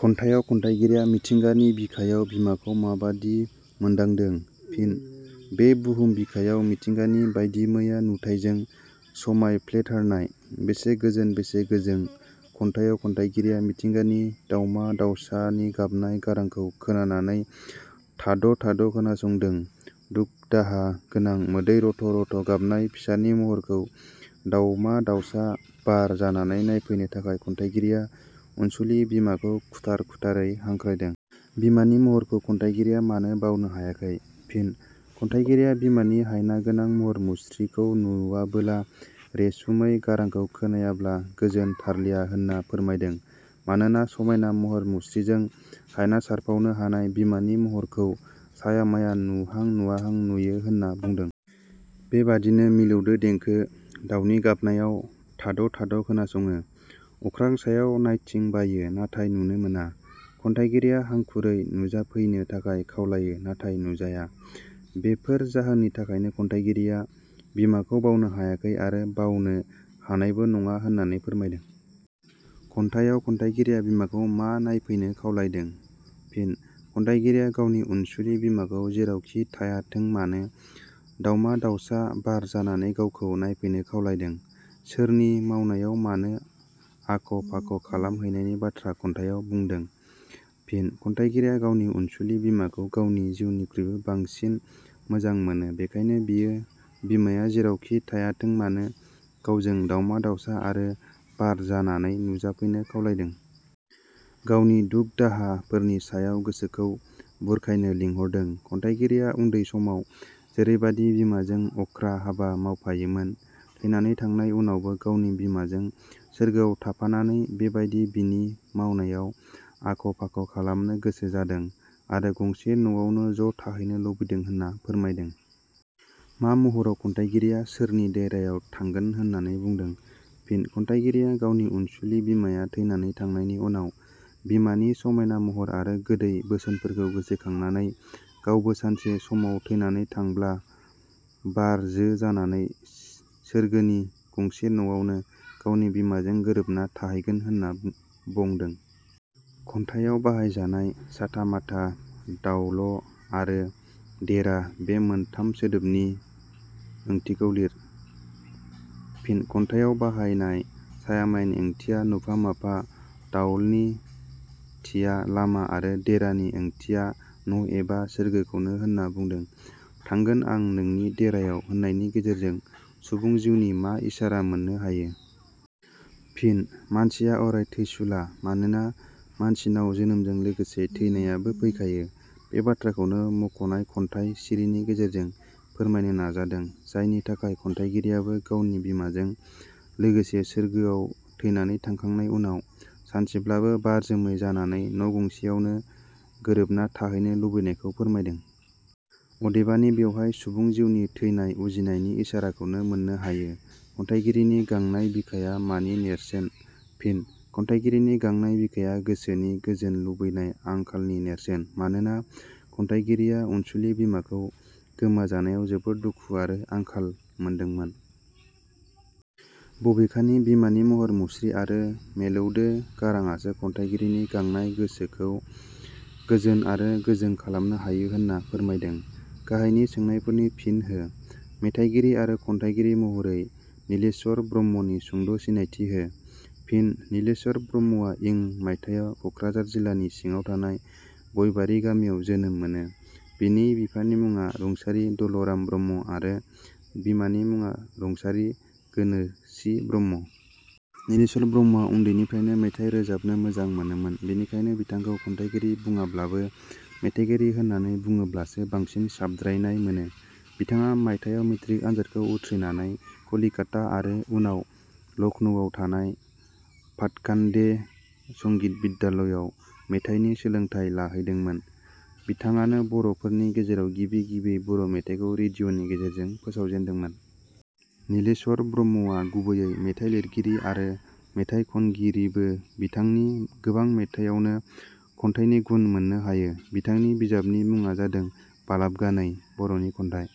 खन्थाइयाव खन्थाइगिरिया मिथिंगानि बिखायाव बिमाखौ माबादि मोन्दांदों? फिन: बे बहुम बिखाया मिथिंगानि बायदिमैया नुथायजों समायफ्लेथारनाय। बेसे गोजोन बेसे गोजों खन्थाइयाव खन्थाइगिरिया मिथिंगानि दाउमा दाउसानि गाबनाय गारांखौ खोनानानै थाद' थाद' खोनासंदों दुख-दाहा गोनां मोदै रथ रथ' गाबनाय फिसानि महरखौ दावमा दावसा बार जानानै नायफैनो थाखाय खन्थाइगिरिया अनसुलि बिमाखौ खुथार खुथारै हांख्राइदों। बिमानि महरखौ खन्थाइगिरिया मानो बावनो हायाखै? फिनः खन्थाइगिरिया बिमानि हायनागोनां महर मुस्रिखौ नुवाबोला, रेसुमै गारांखौ खोनायाब्ला गोजोन थारलिया होनना फोरमायदों। मानोना समायना महर मुस्रिजों हायना सारफावनो हानाय बिमानि महरखौ साया माया नुहां-नुवाहां नुयो होनना बुंदों। बेबादिनो मिलौदो देंखो, दाउनि गाबनायाव थाद' थाद' खोनासङो, अख्रां सायाव नायथिं बायो नाथाय नुनो मोना। खन्थाइगिरिया हांखुरै नुजाफैनो थाखाय खावलायो नाथाय नुजाया। बेफोर जाहोननि थाखायनो खन्थाइगिरिया बिमाखौ बावनो हायाखै आरो बावनो हानायबो नङा होननानै फोरमायदों। खन्थाइयाव खन्थाइगिरिया बिमाखौ मा नायफैनो खावलायदों? फिनः खन्थाइगिरिया गावनि अनसुलि बिमाखौ जेरावखि थायाथों मानो दाउमा दाउसा बार जानानै गावखौ नायफैनो खावलायदों। सोरनि मावनायाव मानो आख' फाख' खालाम हैनायनि बाथ्रा खन्थायाव बुंदों? फिनः खन्थाइगिरिया गावनि अनसुलि बिमाखौ गावनि जिउनिखुइबो बांसिन मोजां मोनो बेखायनो बियो बिमाया जेरावखि थायाथोंमानो गावजों दाउमा दाउसा आरो बार जानानै नुजाफैनो खावलायदों। गावनि दुख-दाहा फोरनि समाव गोसोखौ बुरखायनो लिंहरदों। खन्थाइगिरिया उन्दै समाव जैरेबादि बिमाजों अख्रा हाबा मावफायोमोन थैनानै थांनाय उनावबो गावनि बिमाजों सोरगोआव थांफानानै बेबादिनो बिनि मावनायाव आख' फाख' खालामनो गोसो जादों आरो गंसे नवावनो ज' थाहैनो लुबैदों होनना फोरमायदों। मा महराव खन्थाइगिरिया सोरनि देरायाव थांगोन होननानै बुंदों? फिनः खन्थाइगिरिया गावनि अनसुलि बिमाया थैनानै थांनायनि उनाव बिमानि समायना महर आरो गोदै बोसोनफोरखौ गोसोखांनानै गावबो सानसे समाव थैनानै थांबला बार जो जानानै सोरगोनि गंसे न'आवनो गावनि बिमाजों गोरोबना थाहैगोन होनना बंदों। खन्थाइयाव बाहाय जानाय, 'साथा-माथा', 'दावल', आरो 'देरा' बे मोनथाम सोदोबनि ओंथिखो लिर। फिन: खन्थाइयाव बाहायनाय साया मायानि ओंथिया नुफा- माफा, दावलनि थिया-लामा आरो देरानि ओंथिया न' एबा सोरगोखौनो होनना बुंदों। 'थांगोन आं नोंनि देरायाव होननायनि गेजेरजों सुबुं जिउनि मा इसारा मोननो हायो? फिन: मानसिया अराय थैसुला मानोना मानसिनाव जोनोमजों लोगोसे थैनायाबो फैखायो। बे बाथ्राखौनो मखनाय खन्थाइ सिरिनि गेजेरजों फोरमायनो नाजादों जायनि थाखाय खन्थाइगिरियाबो गावनि बिमाजों लोगोसे सोरगोआव थैना थांखांनाय उनाव सानसेब्लाबो बार जोमै जानानै न' गंसेयावनो गोरोबनाथाहैनो लुबैनायखौ फोरमायदों। अदेबानि बेवहाय सुबुं जिउनि थैनाय उजिनायनि इसाराखौनो मोननो हायो। खन्थाइगिरिनि गांनाय बिखाया मानि नेरसोन? फिन: खन्थाइगिरिनि 'गांनाय बिखाया' गोसोनि गोजोन लुबैनाय आंखालनि नेरसोन। मानोना खन्थाइगिरिया अनसुलि बिमाखौ गोमाजानायाव जोबोर दुखु आरो आंखाल मोनदोंमोन। बबेखानि बिमानि महर मुस्रि आरो मेलौदो गाराङासो खन्थाइगिरिनि गांनाय गोसोखो गोजोन आरो गोजों खालामनो हायो होनना फोरमायदों। गाहायनि सोंनायफोरनि फिन हो मेथाइगिरि आरो खन्थाइगिरि महरै नीलेश्वर ब्रह्मनि सुंद' सिनायथि हो। फिन: नीलेश्वर ब्रह्मआ इं मायथायाव क'क्राझार जिलानि सिङाव थानाय गयबारि गामियाव जोनोम मोनो बिनि बिफानि मुङा रुंसारि दल'राम ब्रह्म आरो बिमानि मुङा रुंसारि गोनोसि ब्रह्म। नीलेश्वर ब्रह्मआ उन्दैनिफ्रायनो मेथाइ रोजाबनो मोजां मोनोमोन बेनिखायनो बिथांखौ खन्थाइगिरि बुङाब्लाबो मेथाइगिरि होननानै बुङोब्लासो बांसिन साबद्रायनाय मोनो। बिथाङा मायथायाव मेट्रिक आनजादखौ उथ्रिनानै कलिकाता आरो उनाव लक्ष्नौवाव थानाय भाटखाण्डे संगीत बिद्यालयाव मेथाइनि सोलोंथाइ लाहैदोंमोन बिथाङानो बर'फोरनि गेजेराव गिबि गिबियै बर' मेथाइखौ रेडिअनि गेजेरजों फोसावजेनदोंमोन। नीलेश्वर ब्रह्मआ गुबैयै मेथाइ लिरगिरि आरो मेथाइ खनगिरिबो बिथांनि गोबां मेथायावनो खन्थाइनि गुन मोननो हायो। बिथांनि बिजाबनि मुङा जादों 'बालाबगानै बर'नि खन्थाइ।